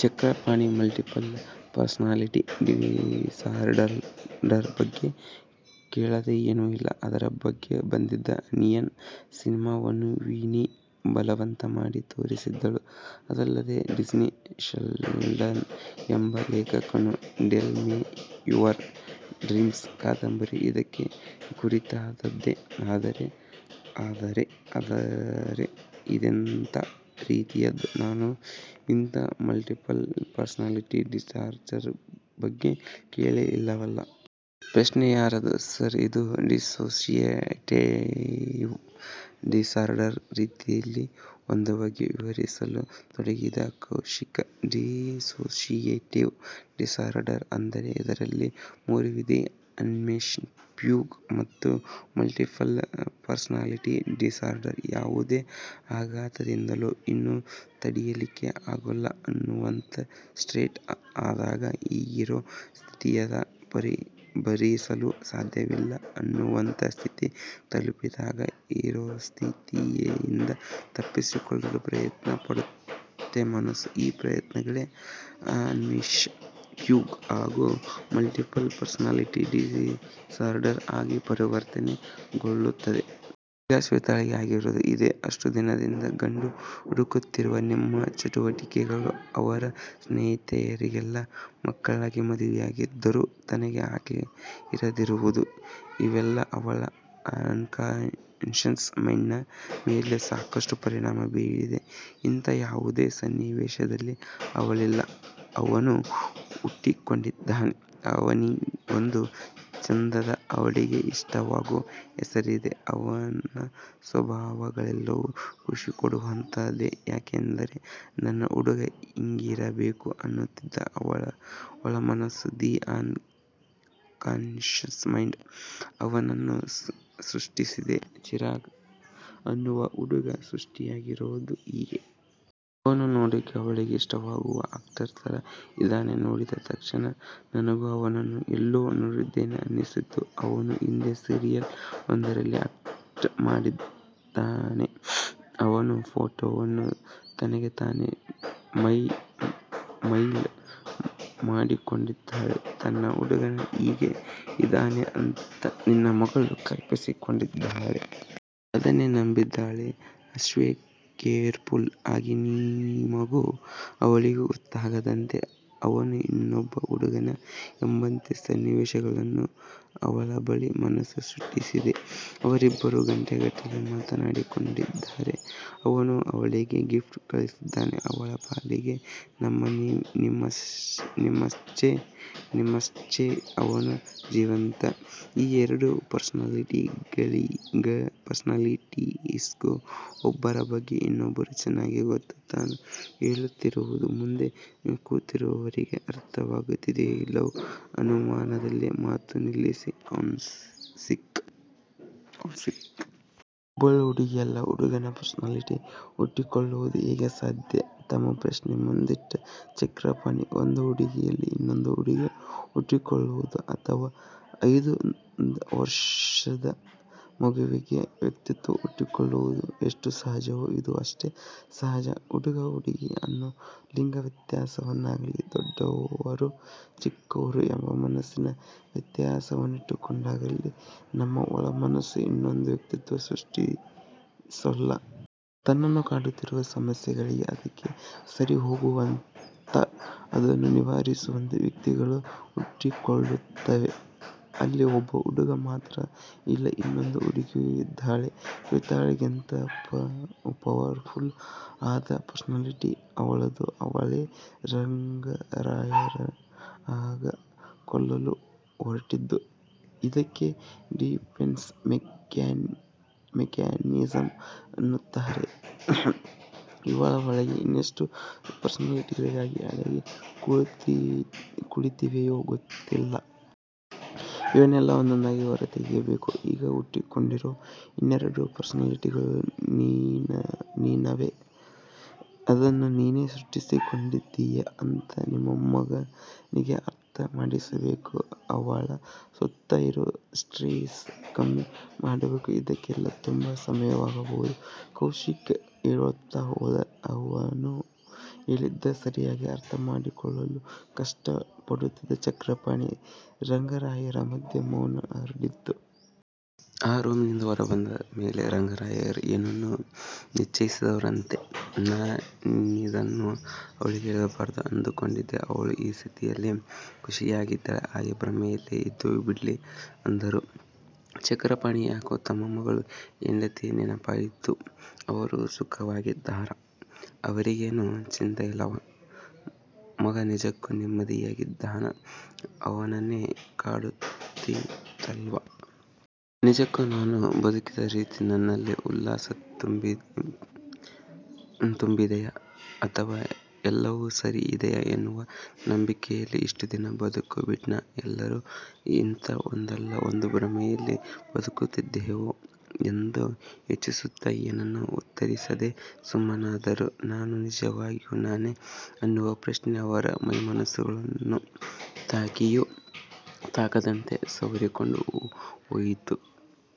Chakrapani multiple personality disorder ಬಗ್ಗೆ ಕೇಳದೆ ಏನೂ ಇಲ್ಲ, ಅದರ ಬಗ್ಗೆ ಬಂದಿದ್ದ ಅನ್ನಿಯನ್ ಸಿನಿಮಾವನ್ನ ವಿನಿ ಬಲವಂತ ಮಾಡಿ ತೋರಿಸಿದ್ದಳು, ಅದಲ್ಲದೆ ಸಿಡ್ನಿ ಶಲ್ಡನ್ ಎಂಬ ಲೇಖಕನ 'ಟೆಲ್ ಮೆ ಯುವರ್ ಡ್ರೀಮ್ಸ್' ಕಾದಂಬರಿಯೂ ಇದಕ್ಕೆ ಕುರಿತಾದದ್ದೇ.. ಆದರೆ? 'ಆದರೆ ಇದೆಂತಾ ರೀತಿಯದ್ದು, ನಾನು ಇಂಥಾ ಮಲ್ಟಿಪಲ್ ಪರ್ಸನಾಲಿಟಿ ಡಿಸಾರ್ಡರ್ ಬಗ್ಗೆ ಕೇಳೇ ಇಲ್ಲವಲ್ಲ? ಪ್ರಶ್ನೆಯಾದರು. ಸರ್ ಇದು ಡಿಸೋಸಿಯೇಟಿವ್ ಡಿಸಾರ್ಡಗಳ ರೀತಿಯಲ್ಲಿ ಒಂದು ಬಗೆ.. ವಿವರಿಸಲು ತೊಡಗಿದ ಕೌಶಿಕ್.. ಡಿಸೋಸಿಯೇಟಿವ್ ಡಿಸಾರ್ಡರ್ ಅಂದ್ರೆ ಇದರಲ್ಲಿ ಮೂರು ವಿಧ ಅಮ್ನೇಶ್ಯ ಫ್ಯೂಗ್ ಮತ್ತು ಮಲ್ಟಿಪಲ್ ಪರ್ಸನಾಲಿಟಿ ಡಿಸಾರ್ಡರ್. ಯಾವುದೋ ಆಘಾತದಿಂದಲೋ, ಇನ್ನು ತಡಿಯಲಿಕ್ಕೆ ಆಗೋಲ್ಲ ಅನ್ನೋವಂಥ ಸ್ಟ್ರೆಸ್ ಆದಾಗ, ಈಗಿರೋ ಸ್ಥಿತಿಯನ್ನ ಭರಿಸಲು ಸಾಧ್ಯವಿಲ್ಲ ಅನ್ನೋವಂಥ ಸ್ಥಿತಿ ತಲುಪಿದಾಗ ಇರೋಸ್ಥಿತಿಯಿಂದ ತಪ್ಪಿಸಿಕೊಳ್ಳಲು ಪ್ರಯತ್ನ ಪಡುತ್ತೆ ಮನಸ್ಸು, ಈ ಪ್ರಯತ್ನಗಳೇ ಅಮ್ನೇಶ್ಯ ಫ್ಯೂ ಗ್, ಹಾಗೂ ಮಲ್ಟಿಪಲ್ ಪರ್ಸನಾಲಿಟಿ ಡಿಸಾರ್ಡರ್ ಆಗಿ ಪರಿವರ್ತನೆ ಗೊಳ್ಳುತ್ತದೆ. ಈಗ ಶ್ವೇತಾಳಿಗೆ ಆಗಿರುವುದೂ ಇದೇ. ಅಷ್ಟು ದಿನದಿಂದ ಗಂಡು ಹುಡುಕುತ್ತಿರುವ ನಿಮ್ಮ ಚಟುವಟಿಕೆಗಳು, ಅವರ ಸ್ನೇಹಿತೆಯರಿಗೆಲ್ಲಾ ಮಕ್ಕಳಾಗಿ ಮದುವೆಯಾಗಿದ್ದರೂ ತನಗೆ ಆಗದಿರುವುದು, ಇವೆಲ್ಲಾ ಅವಳ ಅನ್ಕಾನ್ಶಸ್ ಮೈಂಡಿನ ಮೇಲೆ ಸಾಕಷ್ಟು ಪರಿಣಾಮ ಬೀರಿವೆ, ಇಂಥಾ ಯಾವುದೋ ಸನ್ನಿವೇಶದಲ್ಲೇ ಅವಳಲ್ಲಿ 'ಅವನು' ಹುಟ್ಟಿಕೊಂಡಿದ್ದಾನೆ. ಆವನಿಗೊಂದು ಚಂದದ ಅವಳಿಗೆ ಇಷ್ಟವಾಗೋ ಹೆಸರಿದೆ, ಅವನ ಸ್ವಭಾವಗಳೆಲ್ಲವೂ ಖುಷಿಕೊಡುವಂಥದ್ದೇ ಯಾಕೆಂದರೆ ನನ್ನ ಹುಡುಗ ಹಿಂಗಿರಬೇಕು ಅನ್ನುತ್ತಿದ್ದ ಅವಳ ಒಳ ಮನಸ್ಸು, 'ದಿ ಅನ್ ಕಾನ್ಶಸ್ ಮೈಂಡ್' ಅವನನ್ನು ಸೃಷ್ಟಿಸಿದೆ, ಚಿರಾಗ್ ಅನ್ನುವ ಹುಡುಗ ಸೃಷ್ಟಿಯಾಗಿರೋದೇ ಹೀಗೆ. ಅವನು ನೋಡೋಕ್ಕೆ ಅವಳಿಗೆ ಇಷ್ಟವಾಗುವ ಆಕ್ಟರ್ ಥರ ಇದಾನೆ, ನೋಡಿದ ತಕ್ಷಣ ನನಗೂ ಅವನನ್ನು ಎಲ್ಲೋ ನೋಡಿದ್ದೇನೆ ಅನ್ನಿಸಿತು ಅವನು ಹಿಂದಿ ಸೀರಿಯಲ್ ಒಂದರಲ್ಲಿ ಆಕ್ಟ್ ಮಾಡುತ್ತಾನೆ. ಅವನ ಫೋಟೋವನ್ನ ತನಗೆ ತಾನೇ ಮೈಲ್ ಮಾಡಿಕೊಂಡಿದ್ದಾಳೆ ತನ್ನ ಹುಡುಗ ಹೀಗೇ ಇದಾನೆ ಅಂತ ನಿಮ್ಮ ಮಗಳು ಕಲ್ಪಿಸಿಕೊಂಡಿದ್ದಾಳೆ. ಅದನ್ನೇ ನಂಬಿದ್ದಾಳೆ. ಅಶ್ಟೇ ಕೇರ್ಫುಲ್ ಆಗಿ ನಿಮಗೂ ಅವಳಿಗೂ ಗೊತ್ತಾಗದಂತೆ ಅವನು ಇನ್ನೊಬ್ಬ ಹುಡುಗನೇ ಎಂಬಂತೆ ಸನ್ನಿವೇಶಗಳನ್ನ ಅವಳ ಒಳ ಮನಸ್ಸು ಸೃಷ್ಟಿಸಿದೆ, ಅವರಿಬ್ಬರೂ ಗಂಟೆಗಟ್ಟಲೆ ಮಾತಾಡಿಕೊಂಡಿದ್ದಾರೆ. ಅವನು ಇವಳಿಗೆ ಗಿಫ್ಟ್ ಕಳಿಸಿದ್ದಾನೆ. ಅವಳ ಪಾಲಿಗೆ ನಮ್ಮ ನಿಮ್ಮಶ್ಟೇ ಅವನೂ ಜೀವಂತ. ಈ ಎರೆಡು ಪರ್ಸನಾಲಿಟೀಸ್ಗೂ ಒಬ್ಬರ ಬಗ್ಗೆ ಇನ್ನೊಬ್ಬರಿಗೆ ಚನ್ನಾಗಿ ಗೊತ್ತು-' ತಾನು ಹೇಳುತ್ತಿರುವುದು ಮುಂದೆ ಕೂತಿರುವವರಿಗೆ ಅರ್ಥವಾಗುತ್ತಿದೆಯೋ ಇಲ್ಲವೂ ಅನುಮಾನದಲ್ಲಿ ಮಾತು ನಿಲ್ಲಿಸಿದ ಕೌಶಿಕ್. ಒಬ್ಬಳು ಹುಡುಗಿಯಲ್ಲಿ ಹುಡುಗನ ಪರ್ಸನಾಲಿಟಿ ಹುಟ್ಟಿಕೊಳ್ಳೋಕ್ಕೆ ಹೇಗೆ ಸಾಧ್ಯ? ತಮ್ಮ ಪ್ರಶ್ನೆ ಮುಂದಿಟ್ಟರು ಚಕ್ರಪಾಣಿ. ಒಂದು ಹುಡುಗಿಯಲ್ಲಿ, ಇನ್ನೊಂದು ಹುಡುಗಿ ಹುಟ್ಟಿಕೊಳ್ಳೋದು, ಅಥವಾ ಐದು ವರ್ಶದ ಮಗುವಿನ ವ್ಯಕ್ತಿತ್ವ ಹುಟ್ಟಿಕೊಳ್ಳೋದು ಎಷ್ಟು ಸಹಜವೋ ಇದೂ ಅಷ್ಟೇ ಸಹಜ. ಹುಡುಗ ಹುಡುಗಿ ಅನ್ನೋ ಲಿಂಗ ವ್ಯತ್ಯಾಸವನ್ನಾಗಾಲಿ ದೊಡ್ಡವರು ಚಿಕ್ಕವರು ಎಂಬ ವಯಸ್ಸಿನ ವ್ಯತ್ಯಾಸವನ್ನಿಟ್ಟುಕೊಂಡಾಗಲೀ ನಮ್ಮ ಒಳ ಮನಸ್ಸು ಇನ್ನೊಂದು ವ್ಯಕ್ತಿತ್ವವನ್ನ ಸೃಷ್ಟಿಸೋಲ್ಲ. ತನ್ನನ್ನು ಕಾಡುತ್ತಿರುವ ಸಮಸ್ಯೆಗಳಿಗೆ, ಅದಕ್ಕೆ ಸರಿಹೋಗುವಂಥ ಅದನ್ನು ನಿವಾರಿಸುವಂಥ ವ್ಯಕ್ತಿತ್ವಗಳು ಹುಟ್ಟಿಕೊಳ್ಳುತ್ತವೆ. ಅಲ್ಲಿ ಒಬ್ಬ ಹುಡುಗ ಮಾತ್ರ ಇಲ್ಲ ಇನ್ನೊಂದು ಹುಡುಗಿಯೂ ಇದ್ದಾಳೆ, ಶ್ವೆತಾಳಿಗಿಂತ ಪವರ್ಫುಲ್ ಆದ ಪರ್ಸನಾಲಿಟಿ ಅವಳದು ಅವಳೇ ರಂಗರಾಯರನ್ನು ಆಗ ಕೊಲ್ಲಲು ಹೊರಟಿದ್ದು. ಇದಕ್ಕೆ ಡಿಫೆನ್ಸ್ ಮೆಕ್ಯಾನಿಸಮ್ ಅನ್ನುತ್ತಾರೆ. ಇವಳ ಒಳಗೆ ಇನ್ನೆಷ್ತು ಪರ್ಸನಾಲಿಟಿಗಾಳು ಅಡಗಿ ಕುಳಿತಿವೆಯೋ ಗೊತ್ತಿಲ್ಲಾ. ಅವನ್ನೆಲ್ಲಾ ಒಂದೊಂದಾಗಿ ಹೊರತೆಗೆಯಬೇಕು. 'ಈಗ ಹುಟ್ಟಿಕೊಂಡಿರೋ ಇನ್ನೆರೆಡು ಪರ್ಸನಾಲಿಟಿಗಳೂ ನಿನ್ನವೇ. ಅದನ್ನು ನೀನೇ ಸೃಷ್ಟಿಸಿಕೊಂಡಿದ್ದೀಯ' ಅಂತ ನಿಮ್ಮ ಮಗಳಿಗೆ ಅರ್ಥ ಮಾಡಿಸಬೇಕು, ಅವಳ ಸುತ್ತ ಇರುವ ಸ್ಟ್ರೆಸ್ ಕಮ್ಮಿ ಮಾಡಬೇಕು ಇದಕ್ಕೆಲ್ಲಾ ತುಂಬ ಸಮಯವಾಗಬಹುದು.. ಕೌಶಿಕ್ ಹೇಳುತ್ತಾ ಹೋದ, ಅವನು ಹೇಳಿದ್ದನ್ನ ಸರಿಯಾಗಿ ಅರ್ಥ ಮಾಡಿಕೊಳ್ಳಲು ಕಷ್ಟ ಪಡುತ್ತಿದ್ದ ಚಕ್ರಪಾಣಿ, ರಂಗರಾಯರ ಮಧ್ಯೆ ಮೌನ ಹರಡಿತ್ತು. ಆ ರೂಮಿನಿಂದ ಹೊರಬಂದ ಮೇಲೆ ರಂಗರಾಯರು ಏನನ್ನೋ ನಿಶ್ಚಯಿಸಿದವರಂತೆ 'ನಾನಿದನ್ನ ಅವ್ಳಿಗೆ ಹೇಳ್ಬಾರ್ದು ಅನ್ಕೊಂಡಿದಿನಿ. ಅವ್ಳು ಈ ಸ್ಥಿತಿಲೇ ಖುಷಿಯಾಗಿದಾಳೆ ಹಾಗೇ ಭ್ರಮೇಲೇ ಇದ್ದು ಬಿಡ್ಲಿ' ಅಂದರು. ಚಕ್ರಪಾಣಿಗೆ ಯಾಕೋ ತಮ್ಮ ಮಗಳು ಹೆಂಡತಿಯ ನೆನಪಾಯಿತು ಅವರು ಸುಖವಾಗಿದ್ದಾರ? ಅವರಿಗೇನು ಚಿಂತೆಯಿಲ್ಲವಾ? ಮಗ ನಿಜಕ್ಕೂ ನೆಮ್ಮದಿಯಾಗಿದ್ದಾನ ಅವನನ್ನೇನು ಕಾಡುತ್ತಿಲ್ಲವಾ? ನಿಜಕ್ಕೂ ನಾನು ಬದುಕಿದ ರೀತಿ ನನ್ನಲ್ಲಿ ಉಲ್ಲಾಸ ತುಂಬಿದೆಯಾ? ಅಥವಾ ಎಲ್ಲವೂ ಸರಿ ಇದೆ ಎನ್ನುವ ನಂಬಿಕೆಯಲ್ಲಿ ಇಷ್ಟು ದಿನ ಬದುಕಿಬಿಟ್ಟೆನಾ? ಎಲ್ಲಾರೂ ಇಂಥಾ ಒಂದಲ್ಲಾ ಒಂದು ಭ್ರಮೆಯಲ್ಲಿ ಬದುಕುತ್ತಿದ್ದೇವೇನೋ ಎಂದು ಯೋಚಿಸುತ್ತಾ ಏನನ್ನೂ ಉತ್ತರಿಸದೆ ಸುಮ್ಮನಾದರು. ನಾನು ನಿಜವಾಗಲೂ ನಾನೇನಾ ಅನ್ನುವ ಪ್ರಶ್ನೆ ಅವರ ಮೈಮನಸ್ಸುಗಳನ್ನು ತಾಗಿಯೂ ತಾಗದಂತೆ ಸವರಿಕೊಂಡು ಹೋಯಿತು.